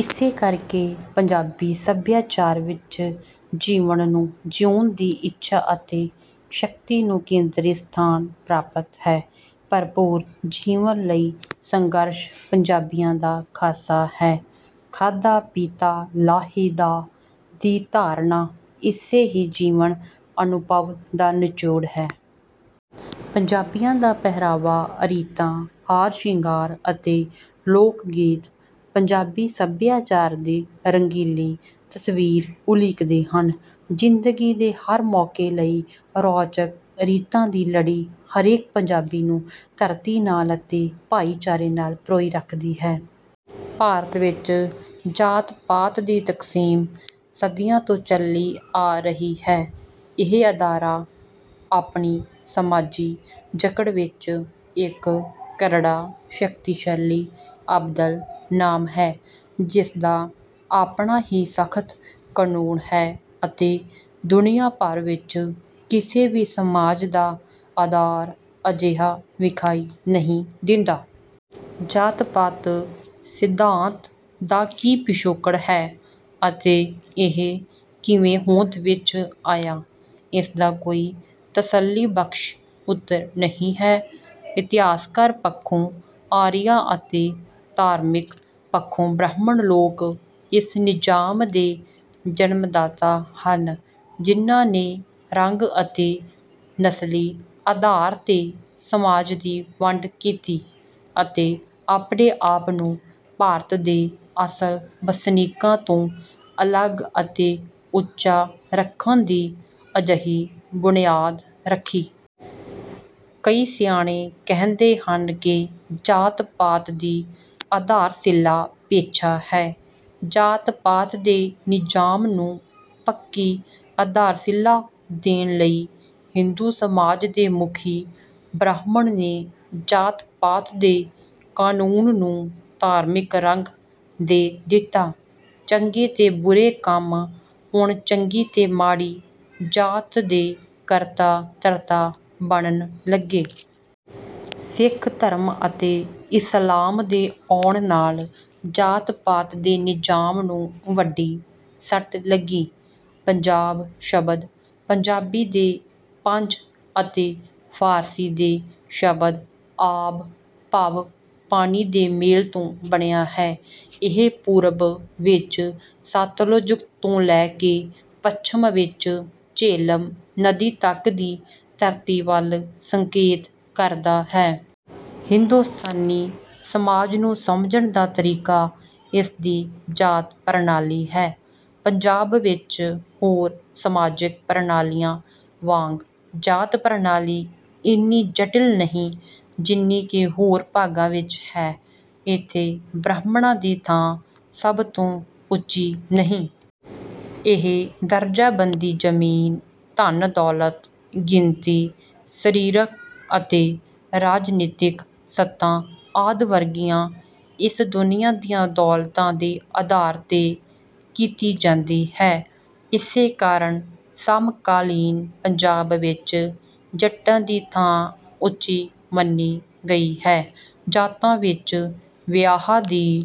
ਇਸੇ ਕਰਕੇ ਪੰਜਾਬੀ ਸੱਭਿਆਚਾਰ ਵਿੱਚ ਜੀਵਨ ਨੂੰ ਜਿਊਣ ਦੀ ਇੱਛਾ ਅਤੇ ਸ਼ਕਤੀ ਨੂੰ ਕੇਂਦਰੀ ਸਥਾਨ ਪ੍ਰਾਪਤ ਹੈ। ਭਰਪੂਰ ਜੀਵਨ ਲਈ ਸੰਘਰਸ਼ ਪੰਜਾਬੀਆਂ ਦਾ ਖ਼ਾਸਾ ਹੈ। 'ਖਾਧਾ ਪੀਤਾ ਲਾਹੇ ਦਾ' ਦੀ ਧਾਰਨਾ ਇਸੇ ਹੀ ਜੀਵਨ-ਅਨੁਭਵ ਦਾ ਨਿਚੋੜ ਹੈ। ਪੰਜਾਬੀਆਂ ਦਾ ਪਹਿਰਾਵਾ, ਰੀਤਾਂ, ਹਾਰ-ਸ਼ਿੰਗਾਰ ਅਤੇ ਲੋਕ-ਗੀਤ ਪੰਜਾਬੀ ਸੱਭਿਆਚਾਰ ਦੀ ਰੰਗੀਲੀ ਤਸਵੀਰ ਉਲੀਕਦੇ ਹਨ। ਜ਼ਿੰਦਗੀ ਦੇ ਹਰ ਮੌਕੇ ਲਈ ਰੌਚਕ ਰੀਤਾਂ ਦੀ ਲੜੀ ਹਰੇਕ ਪੰਜਾਬੀ ਨੂੰ ਧਰਤੀ ਨਾਲ ਅਤੇ ਭਾਈਚਾਰੇ ਨਾਲ ਪਰੋਈ ਰੱਖਦੀ ਹੈ। ਭਾਰਤ ਵਿੱਚ ਜਾਤ-ਪਾਤ ਦੀ ਤਕਸੀਮ ਸਦੀਆਂ ਤੋਂ ਚੱਲੀ ਆ ਰਹੀ ਹੈ। ਇਹ ਅਦਾਰਾ ਆਪਣੀ ਸਮਾਜੀ ਜਕੜ ਵਿੱਚ ਇੱਕ ਕਰੜਾ, ਸ਼ਕਤੀਸ਼ਾਲੀ, ਅਬਦਲ ਨਾਮ ਹੈ, ਜਿਸਦਾ ਆਪਣਾ ਹੀ ਸਖ਼ਤ ਕਾਨੂੰਨ ਹੈ ਅਤੇ ਦੁਨੀਆ ਭਰ ਵਿੱਚ ਕਿਸੇ ਵੀ ਸਮਾਜ ਦਾ ਆਧਾਰ ਅਜਿਹਾ ਵਿਖਾਈ ਨਹੀਂ ਦਿੰਦਾ। ਜਾਤ-ਪਾਤ ਸਿਧਾਂਤ ਦਾ ਕੀ ਪਿਛੋਕੜ ਹੈ ਅਤੇ ਇਹ ਕਿਵੇਂ ਹੋਂਦ ਵਿੱਚ ਆਇਆ, ਇਸਦਾ ਕੋਈ ਤਸੱਲੀਬਖਸ਼ ਉੱਤਰ ਨਹੀਂ ਹੈ। ਇਤਿਹਾਸਕ ਪੱਖੋਂ ਆਰੀਆ ਅਤੇ ਧਾਰਮਿਕ ਪੱਖੋਂ ਬ੍ਰਾਹਮਣ ਲੋਕ ਇਸ ਨਿਜ਼ਾਮ ਦੇ ਜਨਮਦਾਤਾ ਹਨ, ਜਿਨ੍ਹਾਂ ਨੇ ਰੰਗ ਅਤੇ ਨਸਲੀ ਆਧਾਰ 'ਤੇ ਸਮਾਜ ਦੀ ਵੰਡ ਕੀਤੀ ਅਤੇ ਆਪਣੇ ਆਪ ਨੂੰ ਭਾਰਤ ਦੇ ਅਸਲ ਵਸਨੀਕਾਂ ਤੋਂ ਅਲੱਗ ਅਤੇ ਉੱਚਾ ਰੱਖਣ ਦੀ ਅਜਿਹੀ ਬੁਨਿਆਦ ਰੱਖੀ। ਕਈ ਸਿਆਣੇ ਕਹਿੰਦੇ ਹਨ ਕਿ ਜਾਤ-ਪਾਤ ਦੀ ਆਧਾਰਸ਼ਿਲਾ ਪੇਸ਼ਾ ਹੈ। ਜਾਤ-ਪਾਤ ਦੇ ਨਿਜ਼ਾਮ ਨੂੰ ਪੱਕੀ ਆਧਾਰਸ਼ਿਲਾ ਦੇਣ ਲਈ ਹਿੰਦੂ ਸਮਾਜ ਦੇ ਮੁਖੀ ਬ੍ਰਾਹਮਣ ਨੇ ਜਾਤ-ਪਾਤ ਦੇ ਕਾਨੂੰਨ ਨੂੰ ਧਾਰਮਿਕ ਰੰਗ ਦੇ ਦਿੱਤਾ। ਚੰਗੇ ਤੇ ਬੁਰੇ ਕੰਮ ਹੁਣ ਚੰਗੀ ਤੇ ਮਾੜੀ ਜਾਤ ਦੇ ਕਰਤਾ-ਧਰਤਾ ਬਣਨ ਲੱਗੇ। ਸਿੱਖ ਧਰਮ ਅਤੇ ਇਸਲਾਮ ਦੇ ਆਉਣ ਨਾਲ ਜਾਤ-ਪਾਤ ਦੇ ਨਿਜ਼ਾਮ ਨੂੰ ਵੱਡੀ ਸੱਟ ਲੱਗੀ। ਪੰਜਾਬ ਸ਼ਬਦ ਪੰਜਾਬੀ ਦੇ 'ਪੰਜ' ਅਤੇ ਫਾਰਸੀ ਦੇ ਸ਼ਬਦ 'ਆਬ' ਭਾਵ ਪਾਣੀ ਦੇ ਮੇਲ ਤੋਂ ਬਣਿਆ ਹੈ। ਇਹ ਪੂਰਬ ਵਿੱਚ ਸਤਲੁਜ ਤੋਂ ਲੈ ਕੇ ਪੱਛਮ ਵਿੱਚ ਝੇਲਮ ਨਦੀ ਤੱਕ ਦੀ ਧਰਤੀ ਵੱਲ ਸੰਕੇਤ ਕਰਦਾ ਹੈ। ਹਿੰਦੁਸਤਾਨੀ ਸਮਾਜ ਨੂੰ ਸਮਝਣ ਦਾ ਤਰੀਕਾ ਇਸਦੀ ਜਾਤ-ਪ੍ਰਣਾਲੀ ਹੈ। ਪੰਜਾਬ ਵਿੱਚ ਹੋਰ ਸਮਾਜਿਕ ਪ੍ਰਣਾਲੀਆਂ ਵਾਂਗ ਜਾਤ-ਪ੍ਰਣਾਲੀ ਇੰਨੀ ਜਟਿਲ ਨਹੀਂ ਜਿੰਨੀ ਕਿ ਹੋਰ ਭਾਗਾਂ ਵਿੱਚ ਹੈ। ਇੱਥੇ ਬ੍ਰਾਹਮਣਾਂ ਦੀ ਥਾਂ ਸਭ ਤੋਂ ਉੱਚੀ ਨਹੀਂ। ਇਹ ਦਰਜਾਬੰਦੀ ਜ਼ਮੀਨ, ਧਨ-ਦੌਲਤ, ਗਿਣਤੀ, ਸਰੀਰਕ ਅਤੇ ਰਾਜਨੀਤਕ ਸੱਤਾ ਆਦਿ ਵਰਗੀਆਂ ਇਸ ਦੁਨੀਆ ਦੀਆਂ ਦੌਲਤਾਂ ਦੇ ਆਧਾਰ 'ਤੇ ਕੀਤੀ ਜਾਂਦੀ ਹੈ। ਇਸੇ ਕਾਰਨ ਸਮਕਾਲੀਨ ਪੰਜਾਬ ਵਿੱਚ ਜੱਟਾਂ ਦੀ ਥਾਂ ਉੱਚੀ ਮੰਨੀ ਗਈ ਹੈ। ਜਾਤਾਂ ਵਿੱਚ ਵਿਆਹ ਦੀ